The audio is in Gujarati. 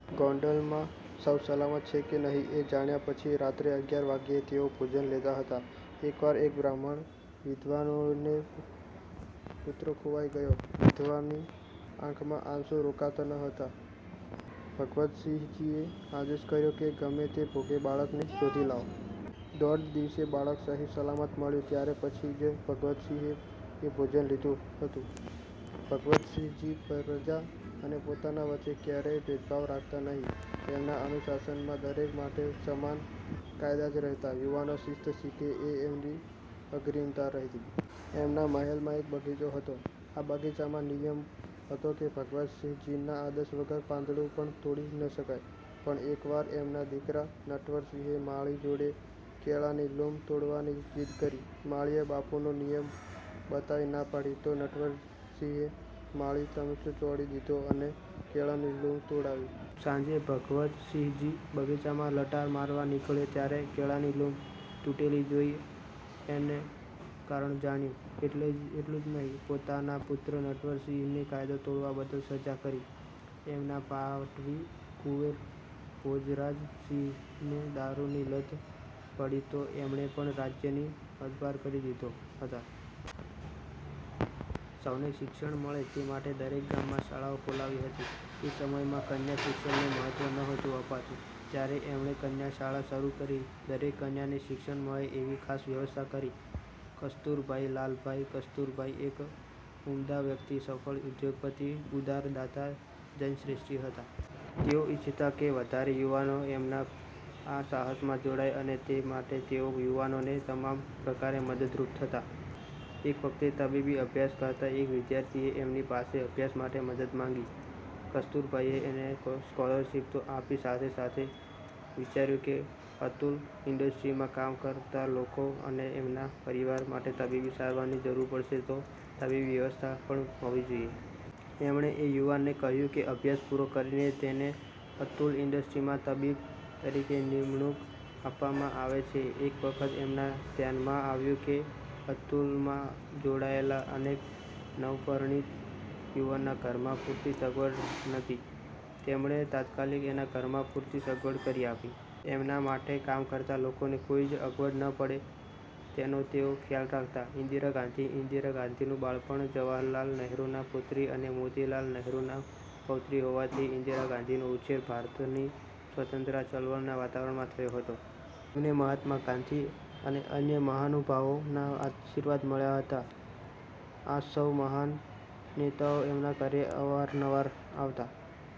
ગોંડલમાં સૌ સલામત છે કે નહીં એ જાણ્યા પછી રાત્રે અગિયાર વાગ્યે તેઓ ભોજન લેતા હતા. એક વાર એક બ્રાહ્મણ વિધવાનો પુત્ર ખોવાઇ ગયો. વિધવાની આંખમાં આંસુ રોકાતા ન હતાં. ભગવતસિંહજીએ આદેશ કર્યો કે, ગમે તે ભોગે બાળકને શોધી લાવો. દોઢ દિવસે બાળક સહી સલામત મળ્યું ત્યાર પછી જ ભગવતસિંહજીએ ભોજન લીધું હતું. ભગવતસિંહજી પ્રજા અને પોતાના વચ્ચે ક્યારેય ભેદભાવ કરતા નહીં. એમના અનુશાસનમાં દરેક માટે સમાન કાયદા જ રહેતા. યુવાનો શિસ્ત શીખે તે એમની અગ્રીમતા રહેતી. એમના મહેલમાં એક બગીચો હતો. આ બગીચામાં નિયમ હતો કે, ભગવતસિંહજીના આદેશ વગર પાંદડું પણ તોડી ન શકાય. પણ એકવાર એમના દીકરા નટવરસિંહે માળી જોડે કેળાની લૂમ તોડવાની જીદ કરી. માળીએ બાપુનો નિયમ બતાવી ના પાડી તો નટવરસિંહે માળીને તમાચો ચોડી દીધો અને કેળાની લૂમ તોડાવી. સાંજે ભગવતસિંહજી બગીચામાં લટાર મારવા નીકળ્યા ત્યારે કેળાની લૂમ તૂટેલી જોઇ અને કારણ જાણ્યું. એટલું જ નહીં, પોતાના પુત્ર નટવરસિંહને કાયદો તોડવા બદલ સજા કરી. એમના પાટવી કુંવર ભોજરાજસિંહને દારૂની લત પડી તો એમને પણ રાજ્યની હદપાર કરી દીધા હતા. સૌને શિક્ષણ મળે તે માટે દરેક ગામમાં શાળાઓ ખોલાવી હતી. તે સમયમાં કન્યાશિક્ષણને મહત્વ નહોતું અપાતું ત્યારે એમણે કન્યાશાળા શરુ કરી દરેક કન્યાને શિક્ષણ મળે એની ખાસ વ્યવસ્થા કરી. કસ્તુરભાઈ લાલભાઇ કસ્તુરભાઈ એક ઉમદા વ્યક્તિ, સફળ ઉદ્યોગપતિ, ઉદાર દાતા, જૈન શ્રેષ્ઠી હતા. તેઓ ઇચ્છતા કે વધારે યુવાનો એમના આ સાહસમાં જોડાય અને એ માટે તેઓ યુવાનોને તમામ પ્રકારે મદદરુપ થતા. એક વખત તબીબી અભ્યાસ કરતા એક વિદ્યાર્થીએ એમની પાસે અભ્યાસ માટે મદદ માંગી. કસ્તુરભાઈએ એને સ્કોલરશીપ તો આપી સાથે સાથે વિચાર્યું કે અતુલ ઇન્ડસ્ટ્રીમાં કામ કરતા લોકો અને એમના પરિવાર માટે તબીબી સારવારની જરુર પડશે માટે તબીબી વ્યવસ્થા પણ હોવી જોઈએ. એમણે એ યુવાનને કહ્યું કે અભ્યાસ પૂરો કરીને તેને અતુલ ઇન્ડસ્ટ્રીમાં તબીબ તરીકે નિમણુંક આપવામાં આવે છે! એક વખત એમના ધ્યાનમાં આવ્યું કે અતુલમાં જોડાયેલા એક નવપરિણીત યુવાનના ઘરમાં પૂરતી સગવડ નથી. એમણે તાત્કાલિક એના ઘરમાં પૂરતી સગવડ કરી આપી. એમના માટે કામ કરતા લોકોને કોઈ જ અગવડ ન પડે તેનો તેઓ ખ્યાલ રાખતા. ઇન્દિરા ગાંધી ઇન્દિરા ગાંધીનું બાળપણ જવાહરલાલ નહેરુના પુત્રી અને મોતીલાલ નહેરુના પૌત્રી હોવાથી ઇન્દિરા ગાંધીનો ઉછેર ભારતની સ્વતંત્રતા ચળવળના વાતાવરણમાં થયો હતો. એમને મહાત્મા ગાંધી અને અન્ય મહાનુભાવોના આશીર્વાદ મળ્યા હતા. આ સૌ મહાન નેતાઓ એમના ઘરે અવારનવાર આવતા.